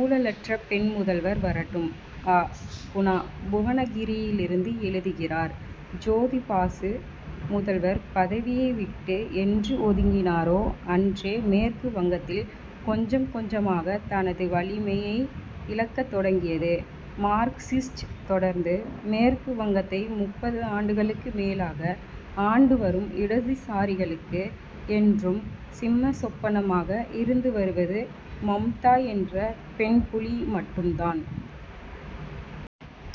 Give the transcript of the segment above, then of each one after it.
ஊழலற்ற பெண் முதல்வர் வரட்டும்! அ. குணா, புவனகிரியிலிருந்து எழுதுகிறார் ஜோதிபாசு முதல்வர் பதவியை விட்டு என்று ஒதுங்கினாரோ, அன்றே மேற்கு வங்கத்தில் கொஞ்சம் கொஞ்சமாக தனது வலிமையை இழக்கத் தொடங்கியது மார்க்சிஸ்ட். தொடர்ந்து, மேற்கு வங்கத்தை முப்பது ஆண்டுகளுக்கு மேலாக ஆண்டு வரும் இடதுசாரிகளுக்கு, என்றும் சிம்ம சொப்பனமாக இருந்து வருவது மம்தா என்ற பெண் புலி மட்டும்தான்.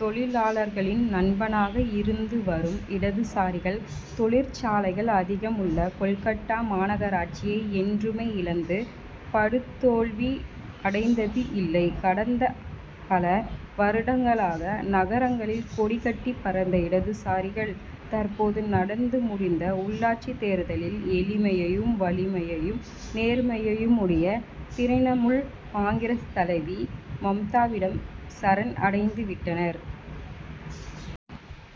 தொழிலாளர்களின் நண்பனாக இருந்து வரும் இடதுசாரிகள், தொழிற்சாலைகள் அதிகம் உள்ள கோல்கட்டா மாநகராட்சியை என்றுமே இழந்து படுதோல்வி அடைந்தது இல்லை. கடந்த பல வருடங்களாக, நகரங்களில் கொடிகட்டிப் பறந்த இடதுசாரிகள், தற்போது நடந்து முடிந்த உள்ளாட்சித் தேர்தலில் எளிமையும், வலிமையும், நேர்மையும் உடைய திரிணமுல் காங்கிரஸ் தலைவி மம்தாவிடம் சரண் அடைந்துவிட்டனர்.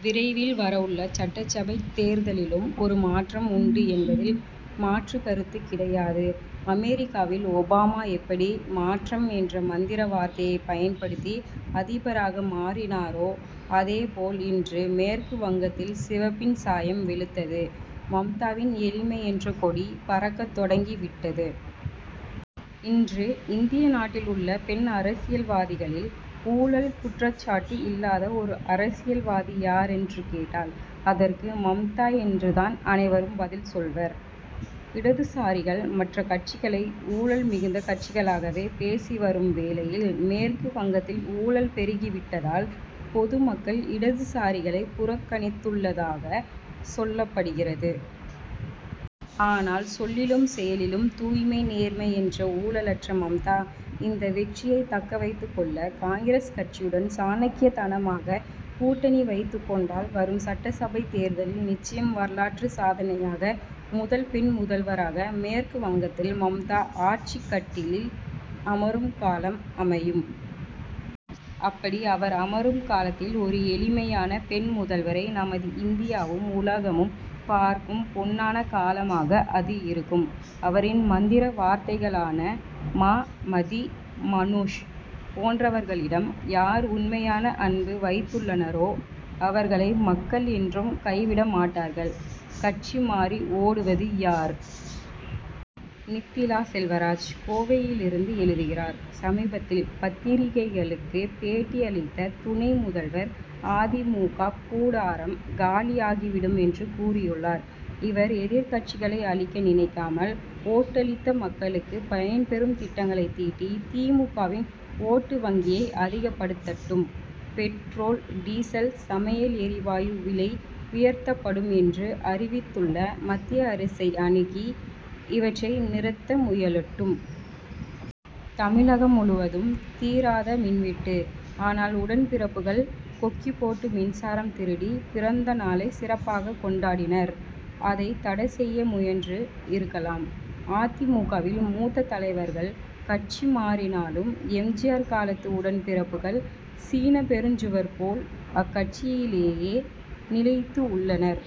விரைவில் வரவுள்ள சட்டசபைத் தேர்தலிலும், ஒரு மாற்றம் உண்டு என்பதில் மாற்றுக் கருத்துக் கிடையாது. அமெரிக்காவில் ஒபாமா எப்படி மாற்றம் என்ற மந்திர வார்த்தையைப் பயன்படுத்தி அதிபராக மாறினாரோ, அதே போல் இன்று மேற்கு வங்கத்தில் சிவப்பின் சாயம் வெளுத்து, மம்தாவின் எளிமை என்ற கொடி பறக்கத் தொடங்கி விட்டது. இன்று, இந்திய நாட்டில் உள்ள பெண் அரசியல்வாதிகளில், ஊழல் குற்றச்சாட்டு இல்லாத ஒரு அரசியல்வாதி யார் என்று கேட்டால், அதற்கு மம்தா என்று தான் அனைவரும் பதில் சொல்வர். இடதுசாரிகள், மற்ற கட்சிகளை ஊழல் மிகுந்த கட்சிகளாக பேசி வரும் வேளையில், மேற்கு வங்கத்தில் ஊழல் பெருகிவிட்டதால், பொதுமக்கள் இடதுசாரிகளை புறக்கணித்துள்ளதாக சொல்லப்படுகிறது. ஆனால், சொல்லிலும், செயலிலும் தூய்மை, நேர்மை என்ற ஊழலற்ற மம்தா, இந்த வெற்றியை தக்க வைத்துக் கொள்ள, காங்கிரஸ் கட்சியுடன், சாணக்கியத்தனமாக கூட்டணி வைத்துக் கொண்டால், வரும் சட்டசபை தேர்தலில் நிச்சயம் வரலாற்று சாதனையாக, முதல் பெண் முதல்வராக, மேற்கு வங்கத்தில் மம்தா ஆட்சிக் கட்டிலில் அமரும் காலம் அமையும். அப்படி, அவர் அமரும் காலத்தில் ஒரு எளிமையான பெண் முதல்வரை நமது இந்தியாவும், உலகமும் பார்க்கும் பொன்னான காலமாக அது இருக்கும். அவரின் மந்திர வார்த்தைகளான மா, மதி, மநூஷ் போன்றவர்களிடம், யார் உண்மையான அன்பு வைத்துள்ளனரோ, அவர்களை மக்கள் என்றும் கைவிட மாட்டார்கள். கட்சி மாறி ஓடுவது யார்? நித்திலா செல்வராஜ், கோவையிலிருந்து எழுதுகிறார் சமீபத்தில் பத்திரிகைகளுக்கு பேட்டியளித்த துணை முதல்வர், அ. தி. மு. க. கூடாரம் காலியாகிவிடும்' என்று கூறியுள்ளார். இவர், எதிர்க்கட்சிகளை அழிக்க நினைக்காமல், ஓட்டளித்த மக்களுக்கு பயன்பெறும் திட்டங்களை தீட்டி, தி. மு. க.வின் ஓட்டு வங்கியை அதிகப்படுத்தட்டும். பெட்ரோல், டீசல், சமையல் எரிவாயு விலை உயர்த்தப்படும்' என்று அறிவித்துள்ள மத்திய அரசை அணுகி, இவற்றை நிறுத்த முயலட்டும். தமிழகம் முழுவதும், தீராத மின்வெட்டு. ஆனால், உடன்பிறப்புகள், கொக்கிபோட்டு மின்சாரம் திருடி, பிறந்தநாளை சிறப்பாக கொண்டாடினர். அதைத் தடை செய்ய முயன்று இருக்கலாம்! அ. தி. மு. க.வில், மூத்த தலைவர்கள் கட்சி மாறினாலும், எம். ஜி. ஆர். காலத்து உடன்பிறப்புகள், சீன பெருஞ்சுவர் போல், அக்கட்சியிலேயே நிலைத்து உள்ளனர்.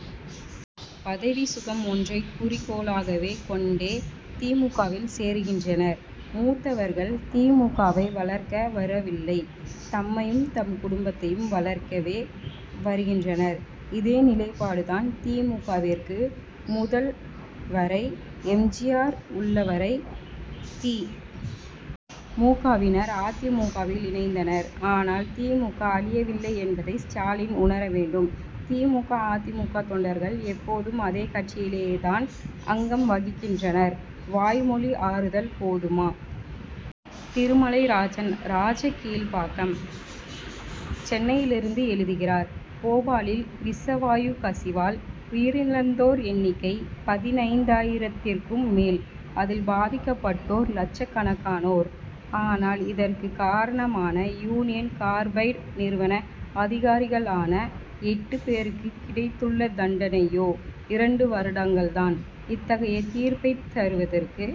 பதவி சுகம் ஒன்றை குறிக்கோளாக கொண்டே தி. மு. க.வில் சேருகின்றனர் மூத்தவர்கள். தி. மு. க.வை வளர்க்க வரவில்லை, தம்மையும், தம் குடும்பத்தையும் வளர்க்கவே வருகின்றனர். இதே நிலைபாடு தான் தி. மு. க.விற்கு. முதல், வரை, எம். ஜி. ஆர். உள்ளவரை, தி. மு. க.வினர், அ. தி. மு. க.வில் இணைந்தனர். ஆனால், தி. மு. க. அழியவில்லை என்பதை ஸ்டாலின் உணர வேண்டும். தி. மு. க. அ. தி. மு. க. தொண்டர்கள், எப்போதும் அதே கட்சியிலே தான் அங்கம் வகிக்கின்றனர். வாய்மொழி ஆறுதல் போதுமா? திருமலைராஜன், ராஜகீழ்ப்பாக்கம், சென்னையிலிருந்து எழுதுகிறார் போபாலில், விஷவாயுக் கசிவால் உயிர் இழந்தோர் எண்ணிக்கை பதினைந்தாயிரத்துக்கும் மேல். அதில் பாதிக்கப்பட்டோர் லட்சக்கணக்கானோர். ஆனால், இதற்குக் காரணமான யூனியன் கார்பைடு நிறுவன அதிகாரிகளான, எட்டு பேருக்கு கிடைத்துள்ள தண்டனை யோ, இரண்டு வருடங்கள் தான்! இத்தகைய தீர்ப்பைத் தருவதற்கு,